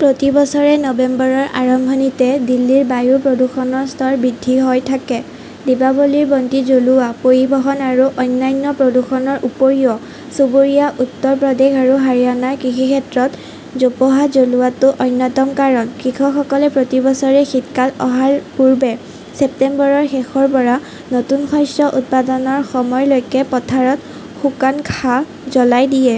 প্ৰতি বছৰে নৱেম্বৰৰ আৰম্ভণিতে দিল্লীৰ বায়ুৰ প্ৰদূষণৰ স্তৰ বৃদ্ধি হৈ থাকে। দীপাৱলীৰ বন্তি জ্বলোৱা, পৰিবহণ আৰু অন্যান্য প্ৰদূষণৰ উপৰিও চুবুৰীয়া উত্তৰ প্ৰদেশ আৰু হাৰিয়ানাৰ কৃষিক্ষেত্ৰত জোপোহা জ্বলোৱাটো অন্যতম কাৰণ। কৃষকসকলে প্ৰতি বছৰে শীতকাল অহাৰ পূৰ্বে ছেপ্টেম্বৰৰ শেষৰ পৰা নতুন শস্য উৎপাদনৰ সময়লৈকে পথাৰত শুকান ঘাঁহ জ্বলাই দিয়ে।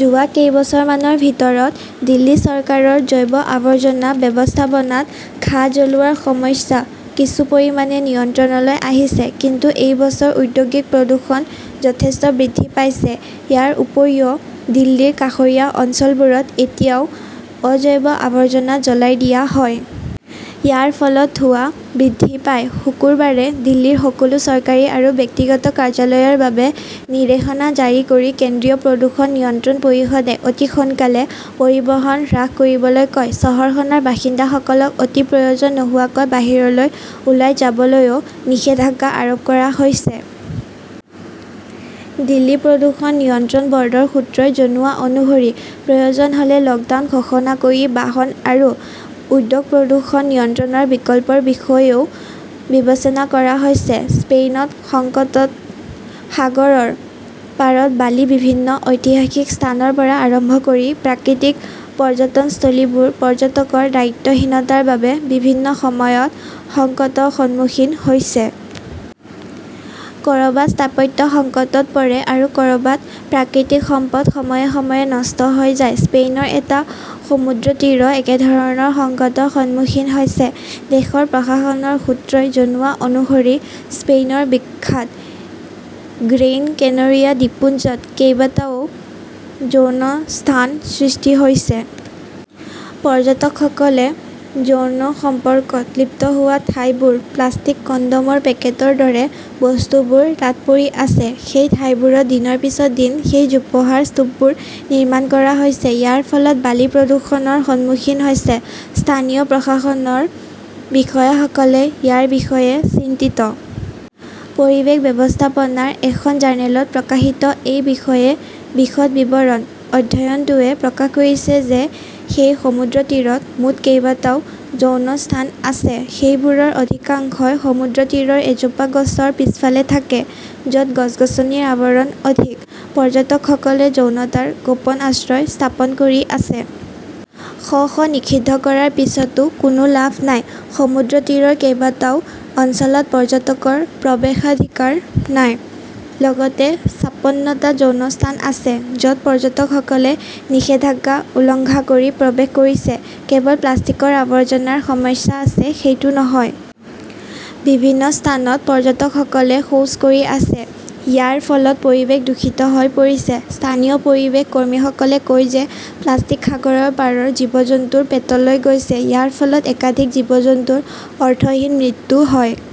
যোৱা কেইবছৰমানৰ ভিতৰত দিল্লী চৰকাৰৰ জৈৱ আৱৰ্জনা ব্যৱস্থাপনাত ঘাঁহ জ্বলোৱাৰ সমস্যা কিছু পৰিমাণে নিয়ন্ত্ৰণলৈ আহিছে। কিন্তু এই বছৰ ঔদ্যোগিক প্ৰদূষণ যথেষ্ট বৃদ্ধি পাইছে। ইয়াৰ উপৰিও, দিল্লীৰ কাষৰীয়া অঞ্চলবোৰত এতিয়াও অজৈৱ আৱৰ্জনা জ্বলাই দিয়া হয়। ইয়াৰ ফলত ধোঁৱা বৃদ্ধি পায়। শুকুৰবাৰে দিল্লীৰ সকলো চৰকাৰী আৰু ব্যক্তিগত কাৰ্যালয়ৰ বাবে নিৰ্দেশনা জাৰি কৰি কেন্দ্ৰীয় প্ৰদূষণ নিয়ন্ত্ৰণ পৰিষদে অতি সোনকালে পৰিবহণ হ্ৰাস কৰিবলৈ কয়। চহৰখনৰ বাসিন্দাসকলক অতি প্ৰয়োজন নোহোৱাকৈ বাহিৰলৈ ওলাই যাবলৈও নিষেধাজ্ঞা আৰোপ কৰা হৈছে। দিল্লী প্ৰদূষণ নিয়ন্ত্ৰণ ব'ৰ্ডৰ সূত্ৰই জনোৱা অনুসৰি, প্ৰয়োজন হ'লে লকডাউন ঘোষণা কৰি বাহন আৰু উদ্যোগ-প্ৰদূষণ নিয়ন্ত্ৰণৰ বিকল্পৰ বিষয়েও বিবেচনা কৰা হৈছে। স্পেইনত সংকটত সাগৰৰ পাৰত বালি বিভিন্ন ঐতিহাসিক স্থানৰ পৰা আৰম্ভ কৰি প্ৰাকৃতিক পৰ্যটনস্থলীবোৰ পৰ্যটকৰ দায়িত্বহীনতাৰ বাবে বিভিন্ন সময়ত সংকটৰ সন্মুখীন হৈছে। ক'ৰবাত স্থাপত্য সংকটত পৰে, আৰু ক'ৰবাত প্ৰাকৃতিক সম্পদ সময়ে সময়ে নষ্ট হৈ যায়। স্পেইনৰ এটা সমুদ্ৰতীৰো একেধৰণৰ সংকটৰ সন্মুখীন হৈছে। দেশৰ প্ৰশাসনৰ সূত্ৰই জনোৱা অনুসৰি স্পেইনৰ বিখ্যাত গ্ৰেইন কেনৰিয়া দ্বীপপুঞ্জত কেইবাটাও যৌন স্থান সৃষ্টি হৈছে। পৰ্যটকসকলে যৌন সম্পৰ্কত লিপ্ত হোৱা ঠাইবোৰ, প্লাষ্টিক, কণ্ডমৰ পেকেটৰ দৰে বস্তুবোৰ তাত পৰি আছে। সেই ঠাইবোৰত দিনৰ পিছত দিন সেই জোপোহাৰ স্তূপবোৰ নিৰ্মাণ কৰা হৈছে। ইয়াৰ ফলত বালি প্ৰদূষণৰ সন্মুখীন হৈছে। স্থানীয় প্ৰশাসনৰ বিষয়াসকলে ইয়াৰ বিষয়ে চিন্তিত। পৰিৱেশ ব্যৱস্থাপনাৰ এখন জাৰ্নেলত প্ৰকাশিত এই বিষয়ে বিশদ বিৱৰণ। অধ্যয়নটোৱে প্ৰকাশ কৰিছে যে সেই সমুদ্ৰতীৰত মুঠ কেইবাটাও যৌন স্থান আছে। সেইবোৰৰ অধিকাংশই সমুদ্ৰতীৰৰ এজোপা গছৰ পিছফালে থাকে। য'ত গছ-গছনিৰ আৱৰণ অধিক, পৰ্যটকসকলে যৌনতাৰ গোপন আশ্ৰয় স্থাপন কৰি আছে। শ শ নিষিদ্ধ কৰাৰ পিছতো কোনো লাভ নাই। সমুদ্ৰতীৰৰ কেইবাটাও অঞ্চলত পৰ্যটকৰ প্ৰৱেশাধিকাৰ নাই, লগতে ছাপ্পনটা যৌন স্থান আছে য 'ত পৰ্যটকসকলে নিষেধাজ্ঞা উলংঘা কৰি প্ৰৱেশ কৰিছে। কেৱল প্লাষ্টিকৰ আৱৰ্জনাৰ সমস্যা আছে, সেইটো নহয়। বিভিন্ন স্থানত পৰ্যটকসকলে শৌচ কৰি আছে। ইয়াৰ ফলত পৰিৱেশ দূষিত হৈ পৰিছে। স্থানীয় পৰিৱেশ কৰ্মীসকলে কয় যে প্লাষ্টিক সাগৰৰ পাৰৰ জীৱ-জন্তুৰ পেটলৈ গৈছে। ইয়াৰ ফলত একাধিক জীৱ-জন্তুৰ অৰ্থহীন মৃত্যু হয়।